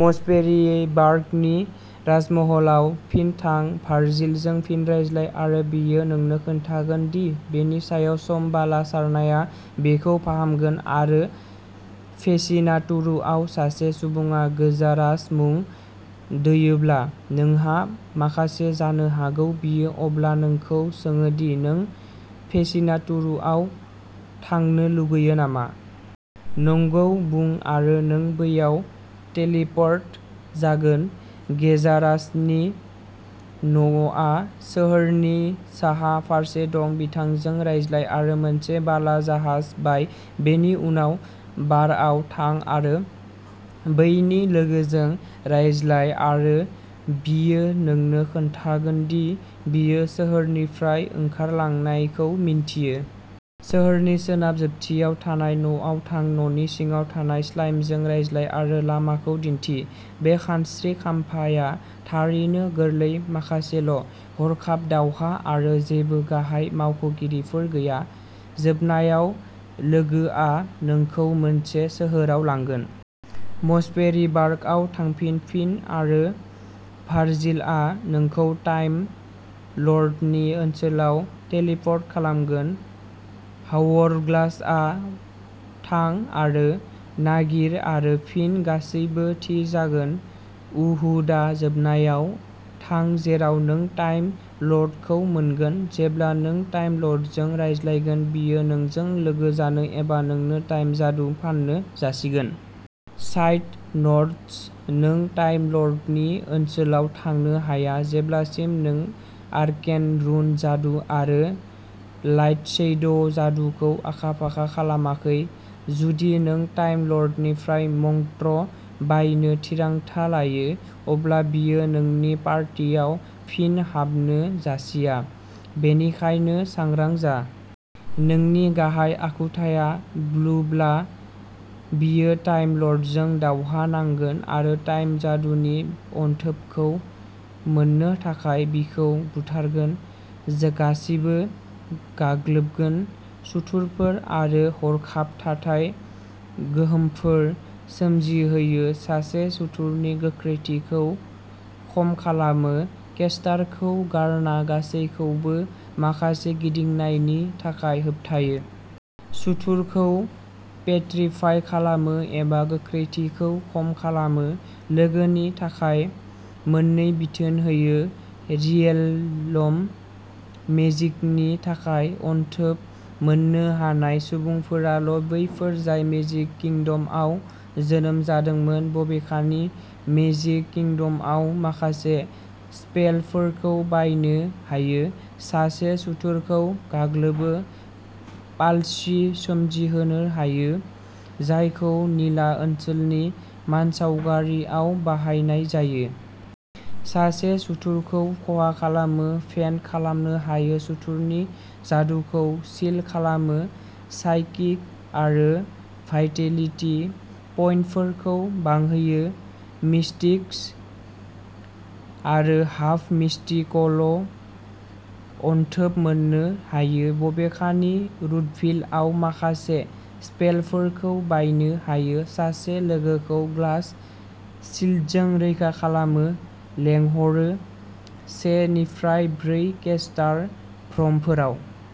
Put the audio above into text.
मसपेरिबार्गनि राजमहलाव फिन थां। भार्जिलजों फिन रायज्लाय आरो बियो नोंनो खोन्थागोन दि बेनि सायाव सम बाला सारनाया बेखौ फाहामगोन आरो फेसिनातुरुआव सासे सुबुङा गोजारास मुं दोयोब्ला नोंहा माखासे जानो हागौ। बियो अब्ला नोंखौ सोङो दि नों फेसिनातुरुआव थांनो लुगैयो नामा? नंगौ बुं आरो नों बैयाव टेलिपोर्ट जागोन। गेजारासनि न'आ सोहोरनि साहा फारसे दं। बिथांजों रायज्लाय आरो मोनसे बाला जाहाज बाय, बेनि उनाव बारआव थां आरो बैनि लोगोजों रायज्लाय आरो बियो नोंनो खोन्थागोन दि बियो सोहोरनिफ्राय ओंखारलांनायखौ मिन्थियो। सोहोरनि सोनाब जोबथियाव थानाय न'आव थां। न'नि सिङाव थानाय स्लाइमजों रायज्लाय आरो लामाखौ दिन्थि। बे खानस्रि खाम्फाया थारैनो गोरलै माखासेल'। हरखाब दावहा आरो जेबो गाहाय मावख'गिरिफोर गैया। जोबनायाव, लोगोआ नोंखौ मोनसे सोहोराव लांगोन। मसपेरिबार्गआव थांफिन फिन आरो भार्जिलआ नोंखौ टाइम लर्डनि ओनसोलाव टेलिप'र्ट खालामगोन। हावरग्लासआ थां आरो नागिर आरो फिन, गासैबो थि जागोन, उ हु दा जोबनायाव थां जेराव नों टाइम लर्डखौ मोनगोन। जेब्ला नों टाइम लर्डजों रायज्लायगोन बियो नोंजों लोगो जानो एबा नोंनो टाइम जादु फाननो जासिगोन। साइड न'ट्स नों टाइम लर्डनि ओनसोलाव थांनो हाया जेब्लासिम नों आर्केन रुन जादु आरो लाइटशैड'जादुखौ आखा-फाखा खालामाखै। जुदि नों टाइम लर्डनिफ्राय मंत्र बायनो थिरांथा लायो, अब्ला बियो नोंनि पार्टियाव फिन हाबनो जासिया, बेनिखायनो सांग्रां जा। नोंनि गाहाय आखुथाया ब्लुब्ला, बियो टाइम लर्डजों दावहा नांगोन आरो टाइम जादुनि अनथोबखौ मोननो थाखाय बिखौ बुथारगोन। गासिबो गाग्लोबगोन। सुथुरफोर आरो हरखाब थाथाय गोहोमफोर सोमजिहोयो। सासे सुथुरनि गोख्रैथिखौ खम खालामो। केस्टारखौ गारना गासैखौबो माखासे गिदिंनायनि थाखाय होबथायो। सुथुरखौ पेत्रिफाइ खालामो एबा गोख्रैथिखौ खम खालामो। लोगोनि थाखाय मोननै बिथोन होयो। रियेलम मेजिकनि थाखाय अनथोब मोन्नो हानाय सुबुंफोराल' बैफोर जाय मेजिक किंडमआव जोनोम जादोंमोन। बबेखानि, मेजिक किंडमआव माखासे स्पेलफोरखौ बायनो हायो। सासे सुथुरखौ गाग्लोबो पाल्सि सोमजिहोनो हायो, जायखौ निला ओनसोलनि मानसावगारिआव बाहायनाय जायो। सासे सुथुरखौ खहा खालामो, फेन्ट खालामनो हायो, सुथुरनि जादुखौ सिल खालामो। साइकिक आरो भाइटेलिटि पइन्टफोरखौ बांहोयो। मिस्टिक्स आरो हाफ मिस्टिकल' अनथोब मोन्नो हायो बबेखानि, रूटभिल आव माखासे स्पेलफोरखौ बायनो हायो। सासे लोगोखौ ग्लास शील्डजों रैखा खालामो लेंहरो से निफ्राय ब्रै केस्टार भ्रमफोराव।